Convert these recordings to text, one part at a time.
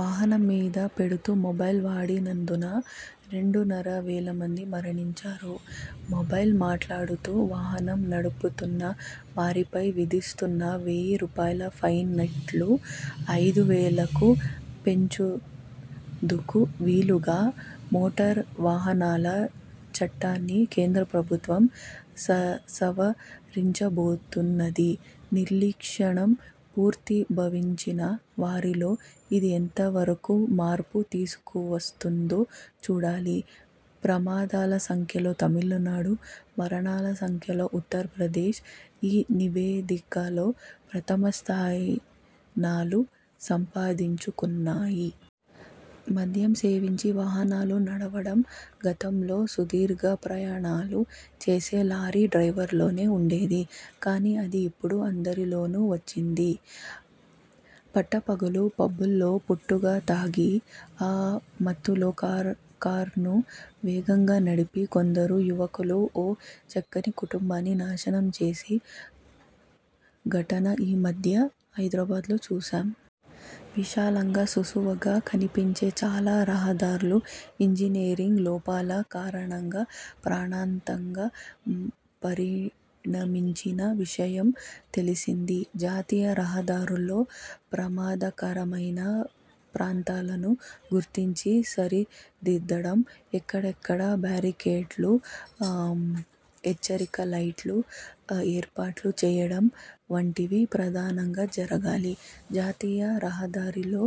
వాహనం మీద వెడుతూ మొబైల్ వాడినందున రెండున్నర వేలమంది మరణించారు. మొబైల్ మాట్లాడుతూ వాహనం నడుపుతున్న వారిపై విధిస్తున్న వెయ్యి రూపాయల పెనాల్టీని ఐదువేలకు పెంచేందుకు వీలుగా మోటారువాహనాల చట్టాన్ని కేంద్రప్రభుత్వం సవరించబోతున్నది. నిర్లక్ష్యం మూర్తీభవించిన వారిలో ఇది ఎంతమరకు మార్పు తీసుకువస్తుందో చూడాలి. ప్రమాదాల సంఖ్యలో తమిళనాడు, మరణాల సంఖ్యలో ఉత్తర్ప్రదేశ్ ఈ నివేదికలో ప్రథమస్థానాలు సంపాదించుకున్నాయి. మద్యం సేవించి వాహనాలు నడపడం గతంలో సుదీర్ఘ ప్రయణాలు చేసే లారీ డ్రైవర్లలోనే ఉండేది. కానీ, అది ఇప్పుడు అందరిలోనూ హెచ్చింది. పట్టపగలు పబ్బులో పూటుగా తాగి, ఆ మత్తులో కారును వేగంగా నడిపి కొందరు యువకులు ఓ చక్కని కుటుంబాన్ని నాశనం చేసిన ఘటన ఈ మధ్య హైదరాబాద్లో చూశాం. విశాలంగా, నునుపుగా కనిపించే చాలా రహదారులు ఇంజనీరింగ్ లోపాల కారణంగా ప్రాణాంతంగా పరిణమించిన విషయం తెలిసిందే. జాతీయ రహదారుల్లో ప్రమాదకరమైన ప్రాంతాలను గుర్తించి సరిదిద్దడం, ఎక్కడికక్కడ బారికేడ్లను, హెచ్చరిక లైట్లను ఏర్పాటు చేయడం వంటివి ప్రధానంగా జరగాలి. జాతీయ రహదారుల్లో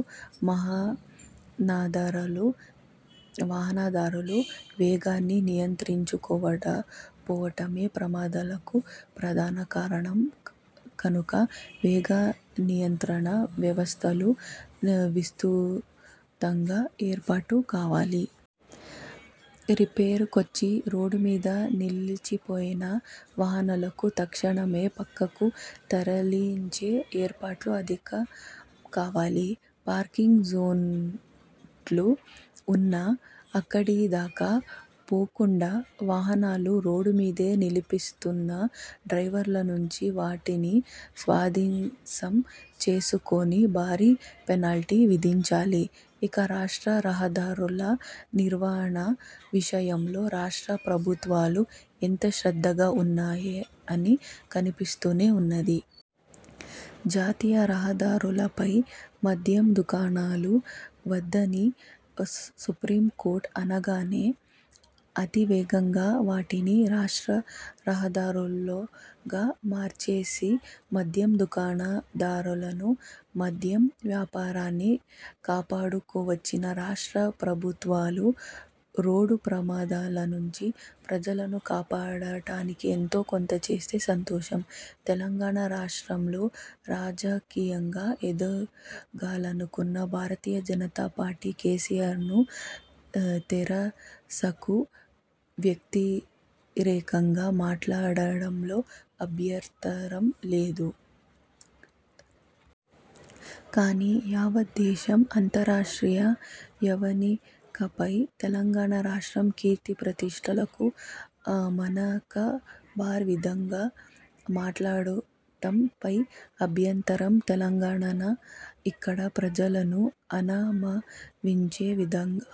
వాహనదారులు వేగాన్ని నియంత్రించుకోకపోవడమే ప్రమాదాలకు ప్రధాన కారణం కనుక వేగనియంత్రణ వ్యవస్థలు విస్తృతంగా ఏర్పాటు కావాలి. రిపేరుకొచ్చి రోడ్డుమీద నిలిచిపోయిన వాహనాలను తక్షణమే పక్కకు తరలించే ఏర్పాట్లు అధికం కావాలి. పార్కింగ్ జోన్లంటూ ఉన్నా అక్కడిదాకా పోకుండా వాహనాలను రోడ్డుమీదే నిలిపివేస్తున్న డ్రైవర్ల నుంచి వాటిని స్వాధీనం చేసుకొని, భారీ పెనాల్టీ విధించాలి. ఇక, రాష్ట్ర రహదారుల నిర్వహణ విషయంలో రాష్ట్ర ప్రభుత్వాలు ఎంత శ్రద్ధగా ఉన్నాయో కనిపిస్తూనే ఉన్నది. జాతీయ రహదారులపై మద్యం దుకాణాలు వద్దని సుప్రీంకోర్టు అనగానే, అతివేగంగా వాటిని రాష్ట్ర రహదారులుగా మార్చివేసి మద్యం దుకాణదారులను, మద్యం వ్యాపారాన్నీ కాపాడుకొచ్చిన రాష్ట్ర ప్రభుత్వాలు రోడ్డుప్రమాదాలనుంచి ప్రజలను కాపాడటానికి ఎంతోకొంత చేస్తే సంతోషం. తెలంగాణ రాష్ట్రంలో రాజకీయంగా ఎదగాలనుకున్న భారతీయ జనతా పార్టీ కేసీఆర్కు, తెరాసకు వ్యతిరేకంగా మాట్లాడడంలో అభ్యంతరం లేదు. కానీ, యావత్ దేశం, అంతర్జాతీయ యవనికపై తెలంగాణ రాష్ట్రం కీర్తి ప్రతిష్టలకు మసకబారే విధంగా మాట్లాడటంపైనే అభ్యంతరం. తెలంగాణను, ఇక్కడి ప్రజలను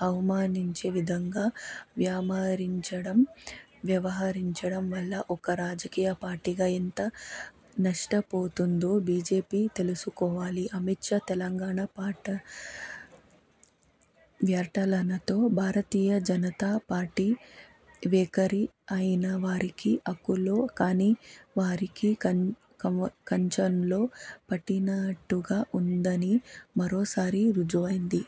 అవమానించే విధంగా వ్యవహరించడం వల్ల ఒక రాజకీయ పార్టీగా ఎంత నష్టపోతుందో బీజేపీ తెలుసుకోవాలి. అమిత్ షా తెలంగాణ పర్యటనతో భారతీయ జనతా పార్టీ వైఖరి అయినవారికి ఆకుల్లో, కానివారికి కంచాల్లో పెట్టినట్టుగా ఉందని మరోసారి రుజువయింది.